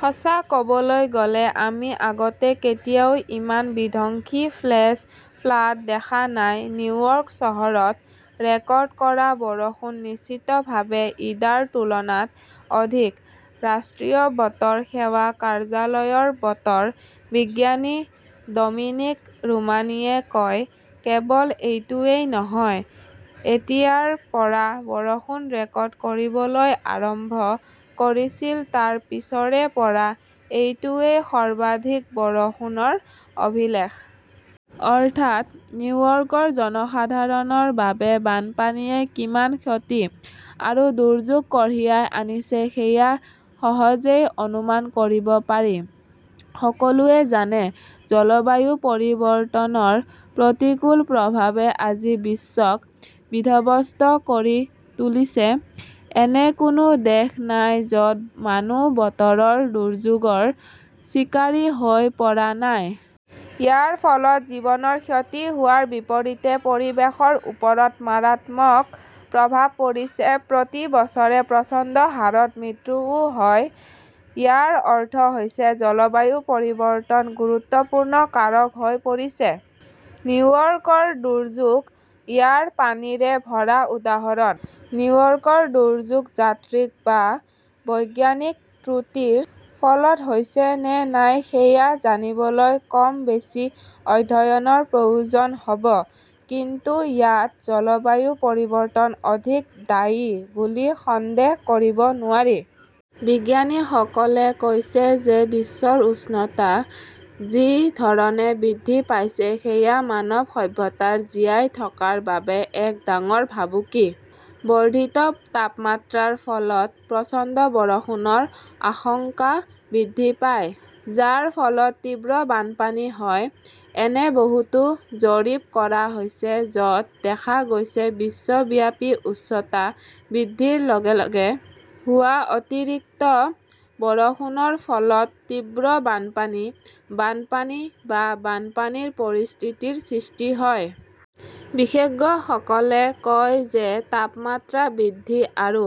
সঁচা ক'বলৈ গ'লে, আমি আগতে কেতিয়াও ইমান বিধ্বংসী ফ্লেশ্ব ফ্লাড' দেখা নাই, নিউয়ৰ্ক চহৰত ৰেকৰ্ড কৰা বৰষুণ নিশ্চিতভাৱে ইডাৰ তুলনাত অধিক, ৰাষ্ট্ৰীয় বতৰ সেৱা কাৰ্যালয়ৰ বতৰ বিজ্ঞানী ডমিনিক ৰামুনীয়ে কয়। কেৱল এইটোৱেই নহয়, যেতিয়াৰ পৰা বৰষুণ ৰেকৰ্ড কৰিবলৈ আৰম্ভ কৰিছিল তাৰ পিছৰে পৰা এইটোৱেই সৰ্বাধিক বৰষুণৰ অভিলেখ। অৰ্থাৎ, নিউয়ৰ্কৰ জনসাধাৰণৰ বাবে বানপানীয়ে কিমান ক্ষতি আৰু দুৰ্যোগ কঢ়িয়াই আনিছে সেয়া সহজেই অনুমান কৰিব পাৰি। সকলোৱে জানে, জলবায়ু পৰিৱৰ্তনৰ প্ৰতিকূল প্ৰভাৱে আজি বিশ্বক বিধ্বস্ত কৰি তুলিছে। এনে কোনো দেশ নাই য'ত মানুহ বতৰৰ দুৰ্যোগৰ চিকাৰী হৈ পৰা নাই। ইয়াৰ ফলত জীৱনৰ ক্ষতি হোৱাৰ বিপৰীতে পৰিৱেশৰ ওপৰত মাৰাত্মক প্ৰভাৱ পৰিছে। প্ৰতি বছৰে প্ৰচণ্ড হাৰত মৃত্যুও হয়। ইয়াৰ অৰ্থ হৈছে জলবায়ু পৰিৱৰ্তন গুৰুত্বপূৰ্ণ কাৰক হৈ পৰিছে। নিউয়ৰ্কৰ দুৰ্যোগ ইয়াৰ পানীৰে ভৰা উদাহৰণ। নিউয়ৰ্কৰ দুৰ্যোগ যান্ত্ৰিক বা বৈজ্ঞানিক ত্ৰুটিৰ ফলত হৈছে নে নাই সেয়া জানিবলৈ কম বেছি অধ্যয়নৰ প্ৰয়োজন হ'ব, কিন্তু ইয়াত জলবায়ু পৰিৱৰ্তন অধিক দায়ী বুলি সন্দেহ কৰিব নোৱাৰি। বিজ্ঞানীসকলে কৈছে যে বিশ্বৰ উষ্ণতা যি ধৰণে বৃদ্ধি পাইছে সেয়া মানৱ সভ্যতাৰ জীয়াই থকাৰ বাবে এক ডাঙৰ ভাবুকি। বৰ্ধিত তাপমাত্ৰাৰ ফলত প্ৰচণ্ড বৰষুণৰ আশংকা বৃদ্ধি পায়, যাৰ ফলত তীব্ৰ বানপানী হয়। এনে বহুতো জৰীপ কৰা হৈছে, য'ত দেখা গৈছে বিশ্বব্যাপী উষ্ণতা বৃদ্ধিৰ লগে লগে হোৱা অতিৰিক্ত বৰষুণৰ ফলত তীব্ৰ বানপানী, বানপানী বা বানপানীৰ পৰিস্থিতিৰ সৃষ্টি হয়। বিশেষজ্ঞসকলে কয় যে তাপমাত্ৰা বৃদ্ধি আৰু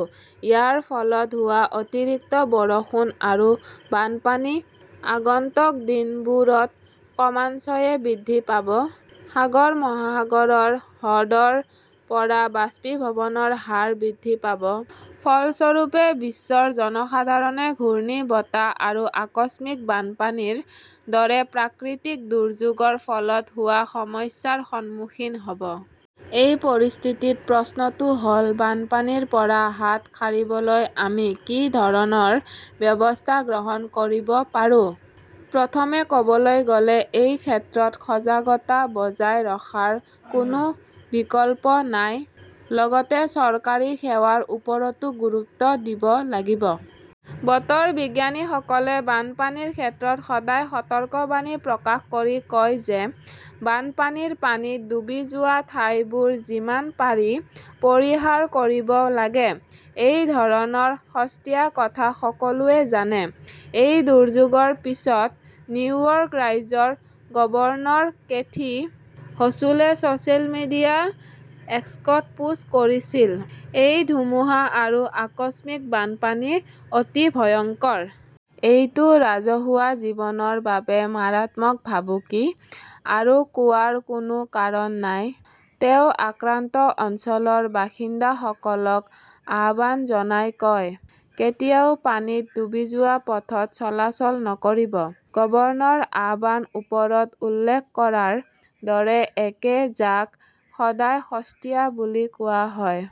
ইয়াৰ ফলত হোৱা অতিৰিক্ত বৰষুণ আৰু বানপানী আগন্তুক দিনবোৰত ক্ৰমান্বয়ে বৃদ্ধি পাব। সাগৰ-মহাসাগৰ, হ্ৰদৰ পৰা বাষ্পীভৱনৰ হাৰ বৃদ্ধি পাব। ফলস্বৰূপে, বিশ্বৰ জনসাধাৰণে ঘূৰ্ণীবতাহ আৰু আকস্মিক বানপানীৰ দৰে প্ৰাকৃতিক দুৰ্যোগৰ ফলত হোৱা সমস্যাৰ সন্মুখীন হ'ব। এই পৰিস্থিতিত প্ৰশ্নটো হ'ল, বানপানীৰ পৰা হাত সাৰিবলৈ আমি কি ধৰণৰ ব্যৱস্থা গ্ৰহণ কৰিব পাৰোঁ? প্ৰথমে ক'বলৈ গ'লে, এই ক্ষেত্ৰত সজাগতা বজাই ৰখাৰ কোনো বিকল্প নাই। লগতে চৰকাৰী সেৱাৰ ওপৰতো গুৰুত্ব দিব লাগিব। বতৰ বিজ্ঞানীসকলে বানপানীৰ ক্ষেত্ৰত সদায় সতৰ্কবাণী প্ৰকাশ কৰি কয় যে বানপানীৰ পানীত ডুব যোৱা ঠাইবোৰ যিমান পাৰি পৰিহাৰ কৰিব লাগে। এই ধৰণৰ সস্তীয়া কথা সকলোৱে জানে। এই দুৰ্যোগৰ পিছত, নিউয়ৰ্ক ৰাজ্যৰ গৱৰ্ণৰ কেথি হচুলে ছ'চিয়েল মিডিয়া এক্সত পোষ্ট কৰিছিল, এই ধুমুহা আৰু আকস্মিক বানপানী অতি ভয়ংকৰ। এইটো ৰাজহুৱা জীৱনৰ বাবে মাৰাত্মক ভাবুকি, আৰু কোৱাৰ কোনো কাৰণ নাই। তেওঁ আক্ৰান্ত অঞ্চলৰ বাসিন্দাসকলক আহ্বান জনাই কয়, কেতিয়াও পানীত ডুব যোৱা পথত চলাচল নকৰিব। গৱৰ্ণৰৰ আহ্বান ওপৰত উল্লেখ কৰাৰ দৰে একে, যাক সদায় সস্তীয়া বুলি কোৱা হয়।